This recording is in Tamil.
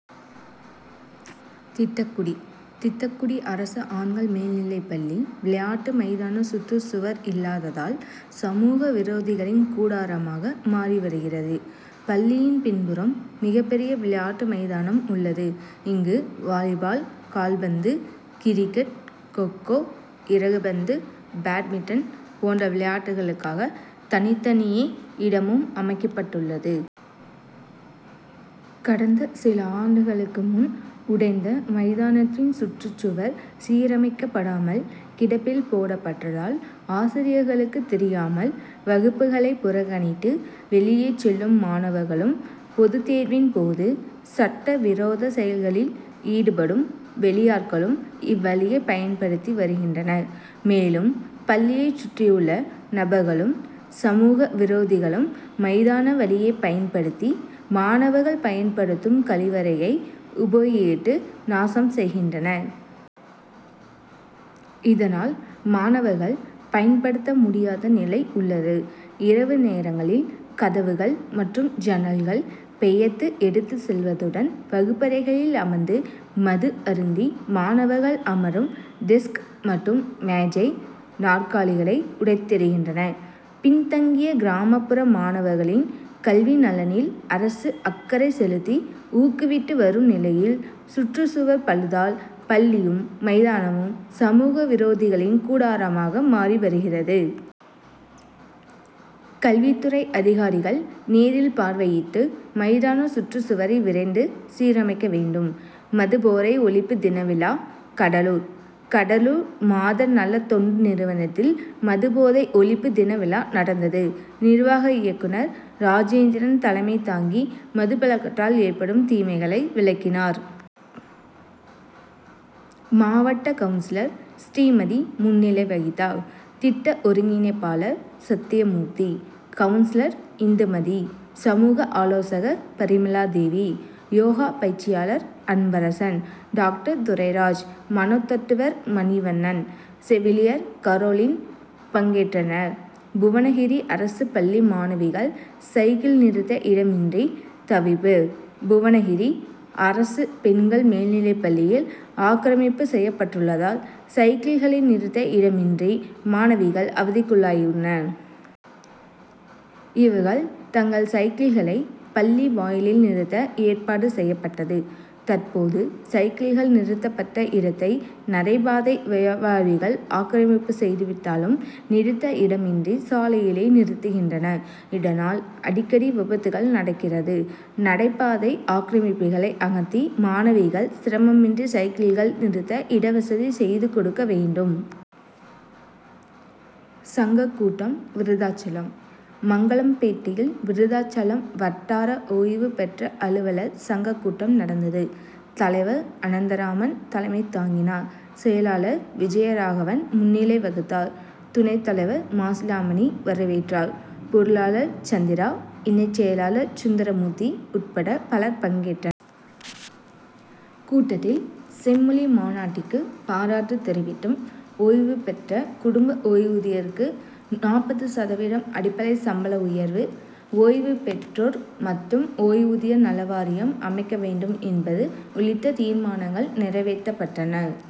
திட்டக்குடி திட்டக்குடி அரசு ஆண் கள் மேல்நிலைப் பள்ளி விளையாட்டு மைதான சுற்றுச்சுவர் இல்லாததால் சமூக விரோதிகளின் கூடாரமாக மாறி வருகிறது. பள்ளியின் பின்புறம் மிகப்பெரிய விளையாட்டு மைதானம் உள்ளது. இங்கு வாலிபால், கால்பந்து, கிரிக் கெட், கோ-கோ, இறகுப் பந்து, பேட்மிட்டன் போன்ற விளையாட்டுகளுக்காக தனித்தனியே இடமும் அமைக்கப்பட் டுள்ளது. கடந்த சில ஆண்டுகளுக்கு முன் உடைந்த மைதானத்தின் சுற்றுச் சுவர் சீரமைக்கப்படாமல் கிடப்பில் போடப் பட்டதால் ஆசிரியர்களுக்கு தெரியாமல் வகுப் புகளை புறக்கணித்து வெளியே செல்லும் மாணவர்களும், பொதுத்தேர் வின் போது சட்ட விரோத செயல்களில் ஈடுபடும் வெளியாட்களும் இவ்வழியை பயன் படுத்தி வருகின்றனர். மேலும் பள்ளியைச் சுற்றியுள்ள நபர்களும், சமூக விரோதிகளும் மை தான வழியை பயன் படுத்தி மாணவர்கள் பயன் படுத்தும் கழிவறையை உபயோகித்து நாசம் செய்கின்றனர். இதனால் மாணவர்கள் பயன்படுத்த முடியாத நிலை உள்ளது. இரவு நேரங்களில் கதவுகள் மற் றும் ஜன்னல்கள் பெயர்த்து எடுத்துச் செல் வதுடன் வகுப்பறைகளில் அமர்ந்து மது அருந்தி மாணவர்கள் அமரும் டெஸ்க் மற்றும் மேஜை, நாற்காலிகளை உடைத் தெறிகின்றனர். பின்தங்கிய, கிராமப் புற மாணவர்களின் கல்வி நலனில் அரசு அக் கறை செலுத்தி ஊக்குவித்து வரும் நிலையில் சுற்றுச்சுவர் பழுதால் பள் ளியும், மைதானமும் சமூக விரோதிகளின் கூடாரமாக மாறி வருகிறது. கல்வித்துறை அதிகாரிகள் நேரில் பார்வையிட்டு மைதான சுற்றுச் சுவரை விரைந்து சீரமைக்க வேண்டும். மது போதை ஒழிப்பு தினவிழா கடலூர்: கடலூர் மாதர் நல தொண்டு நிறுவனத்தில் மது போதை ஒழிப்பு தின விழா நடந்தது. நிர்வாக இயக்குனர் ராஜேந்திரன் தலைமை தாங்கி மது பழக்கத்தால் ஏற்படும் தீமைகளை விளக்கினார். மாவட்ட கவுன்சிலர் ஸ்ரீமதி முன்னிலை வகித்தார். திட்ட ஒருங்கிணைப்பா ளர் சத்தியமூர்த்தி, கவுன் சிலர் இந்துமதி, சமூக ஆலோசகர் பரிமளாதேவி, யோகா பயிற்சியாளர் அன்பரசன், டாக் டர் துரைராஜ், மனோதத்துவர் மணிவண்ணன், செவிலியர் கரோலின் பங்கேற்றனர். புவனகிரி அரசு பள்ளி மாணவிகள் சைக்கிள் நிறுத்த இடமின்றி தவிப்பு புவனகிரி: புவனகிரி அரசு பெண் கள் மேல்நிலைப் பள்ளியில் ஆக்கிரமிப்பு செய்யப் பட்டுள்ளதால் சைக்கிள் களை நிறுத்த இடமின்றி மாணவிகள் அவதிக்குள்ளாகியுள்ளனர். இவர்கள் தங்கள் சைக்கிள் களை பள்ளி வாயிலில் நிறுத்த ஏற்பாடு செய்யப்பட்டது. தற்போது சைக்கிள்கள் நிறுத்தப்பட்ட இடத்தை நடைபாதை வியாபாரிகள் ஆக்கிரமிப்பு செய்து விட்டதாலும் நிறுத்த இடமின்றி சாலையிலேயே நிறுத்துகின்றனர். இதனால் அடிக்கடி விபத்துகள் நடக்கிறது. நடைபாதை ஆக்கிரமிப்புகளை அகற்றி மாணவிகள் சிரமமின்றி சைக்கிள்கள் நிறுத்த இடவசதி செய்து கொடுக்க வேண்டும். சங்க கூட்டம் விருத்தாசலம்: மங்கலம்பேட்டையில் விருத்தாசலம் வட்டார ஓய்வு பெற்ற அலுவலர் சங்க கூட்டம் நடந்தது. தலைவர் அனந்தராமன் தலைமை தாங்கினார். செயலாளர் விஜயராகவன் முன்னிலை வகித்தார். துணைத் தலைவர் மாசிலாமணி வரவேற்றார். பொருளா ளர் சந்திரா, இணை செயலாளர் சுந்தரமூர்த்தி உட் பட பலர் பங்கேற்றனர். கூட்டத்தில் செம் மொழி மாநாட்டிற்கு பாராட்டு தெரிவித்தும், ஓய்வு பெற்றோர் குடும்ப ஓய்வூதியருக்கு நாற்பது சதவீதம் அடிப்படை சம்பள உயர்வு. ஓய்வு பெற்றோர் மற் றும் ஓய்வூதியர் நலவாரியம் அமைக்க வேண்டும் என்பது உள்ளிட்ட தீர்மானங்கள் நிறைவேற்றப் பட்டன.